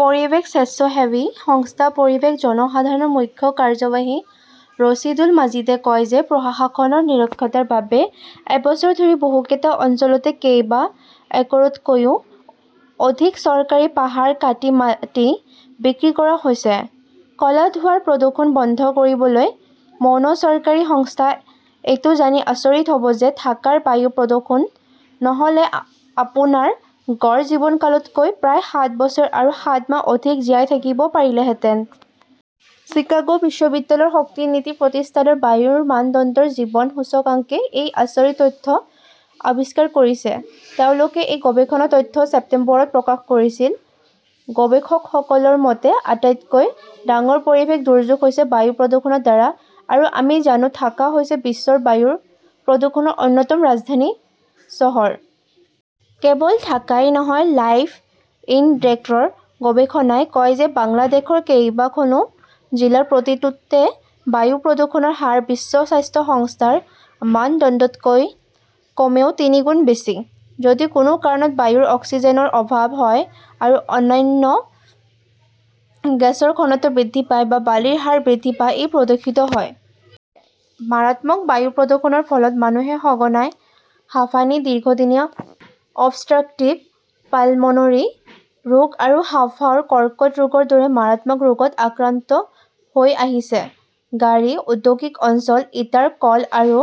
পৰিৱেশ স্বেচ্ছাসেৱী সংস্থা পৰিৱেশ জনসাধাৰণৰ মুখ্য কাৰ্যবাহী ৰছেদুল মাজিদে কয় যে প্ৰশাসনৰ নিৰক্ষৰতাৰ বাবে এবছৰ ধৰি বহুকেইটা অঞ্চলতে কেইবা একৰতকৈও অধিক চৰকাৰী পাহাৰ কাটি মাটি বিক্ৰী কৰা হৈছে। ক'লা ধোঁৱাৰ প্ৰদূষণ বন্ধ কৰিবলৈ মৌন চৰকাৰী সংস্থা এইটো জানি আচৰিত হ'ব যে ঢাকাৰ বায়ু প্ৰদূষণ নহ'লে আপোনাৰ গড় জীৱনকালতকৈ প্ৰায় সাত বছৰ আৰু সাত মাহ অধিক জীয়াই থাকিব পাৰিলেহেঁতেন। চিকাগো বিশ্ববিদ্যালয়ৰ শক্তি নীতি প্ৰতিষ্ঠানৰ বায়ুৰ মানদণ্ডৰ জীৱন সূচকাংকে এই আচৰিত তথ্য আৱিষ্কাৰ কৰিছে। তেওঁলোকে এই গৱেষণা তথ্য ছেপ্টেম্বৰত প্ৰকাশ কৰিছিল। গৱেষকসকলৰ মতে, আটাইতকৈ ডাঙৰ পৰিৱেশ দুৰ্যোগ হৈছে বায়ু প্ৰদূষণৰ দ্বাৰা। আৰু আমি জানো, ঢাকা হৈছে বিশ্বৰ বায়ু প্ৰদূষণৰ অন্যতম ৰাজধানী চহৰ। কেৱল ঢাকাই নহয়, লাইফ ইনডেক্সৰ গৱেষণাই কয় যে বাংলাদেশৰ‌ কেইবাখনো জিলাৰ প্ৰতিটোতে বায়ু প্ৰদূষণৰ হাৰ বিশ্ব স্বাস্থ্য সংস্থাৰ মানদণ্ডতকৈ কমেও তিনিগুণ বেছি। যদি কোনো কাৰণত বায়ুৰ অক্সিজেনৰ অভাৱ হয় আৰু অন্যান্য গেছৰ ঘনত্ব বৃদ্ধি পায় বা বালিৰ হাৰ বৃদ্ধি পায়, ই প্ৰদূষিত হয়। মাৰাত্মক বায়ু প্ৰদূষণৰ ফলত মানুহে সঘনাই হাঁপানি, দীৰ্ঘদিনীয়া অবষ্ট্ৰাকটিভ পালমোনৰী ৰোগ আৰু হাঁওফাঁওৰ কৰ্কট ৰোগৰ দৰে মাৰাত্মক ৰোগত আক্ৰান্ত হৈ আহিছে। গাড়ী, ঔদ্যোগিক অঞ্চল, ইটাৰ কল আৰু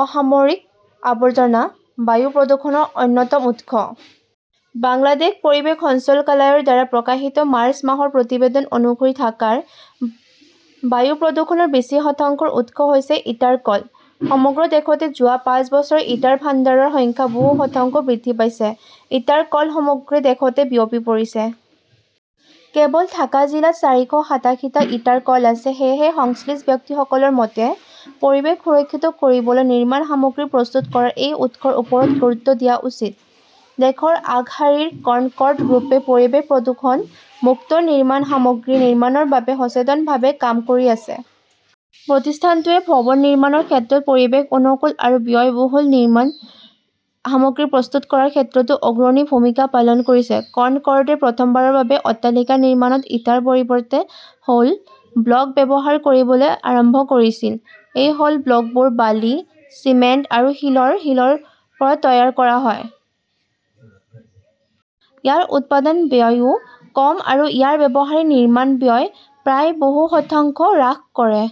অসামৰিক আৱৰ্জনা বায়ু প্ৰদূষণৰ অন্যতম উৎস। বাংলাদেশ পৰিৱেশ সঞ্চালকালয়ৰ দ্বাৰা প্ৰকাশিত মাৰ্চ মাহৰ প্ৰতিবেদন অনুসৰি ঢাকাৰ বায়ু প্ৰদূষণৰ বেছি শতাংশৰ উৎস হৈছে ইটাৰ কল। সমগ্ৰ দেশতে যোৱা পাঁচ বছৰত ইটা ভাণ্ডাৰৰ সংখ্যা বহু শতাংশ বৃদ্ধি পাইছে। ইটাৰ কল সমগ্ৰ দেশতে বিয়পি পৰিছে। কেৱল ঢাকা জিলাত চাৰিশ সাতাশীটা ইটাৰ কল আছে। সেয়েহে, সংশ্লিষ্ট ব্যক্তিসকলৰ মতে, পৰিৱেশ সুৰক্ষিত কৰিবলৈ নিৰ্মাণ সামগ্ৰী প্ৰস্তুত কৰাৰ এই উৎসৰ ওপৰত গুৰুত্ব দিয়া উচিত। দেশৰ আগশাৰীৰ কনকৰ্ড গ্ৰুপে পৰিৱেশ প্ৰদূষণ মুক্ত নিৰ্মাণ সামগ্ৰী নিৰ্মাণৰ বাবে সচেতনভাৱে কাম কৰি আছে। প্ৰতিষ্ঠানটোৱে ভৱন নিৰ্মাণৰ ক্ষেত্ৰত পৰিৱেশ-অনুকূল আৰু ব্যয়বহুল নিৰ্মাণ সামগ্ৰী প্ৰস্তুত কৰাৰ ক্ষেত্ৰতো অগ্ৰণী ভূমিকা পালন কৰিছে। কনকৰ্ডে প্ৰথমবাৰৰ বাবে অট্টালিকা নিৰ্মাণত ইটাৰ পৰিৱৰ্তে হল ব্লক ব্যৱহাৰ কৰিবলৈ আৰম্ভ কৰিছিল। এই হল ব্লকবোৰ বালি, চিমেণ্ট আৰু শিলৰ শিলৰ পৰা তৈয়াৰ কৰা হয়। ইয়াৰ উৎপাদন ব্যয়ও কম আৰু ইয়াৰ ব্যৱহাৰে নিৰ্মাণ ব্যয় প্ৰায় বহু শতাংশ হ্ৰাস কৰে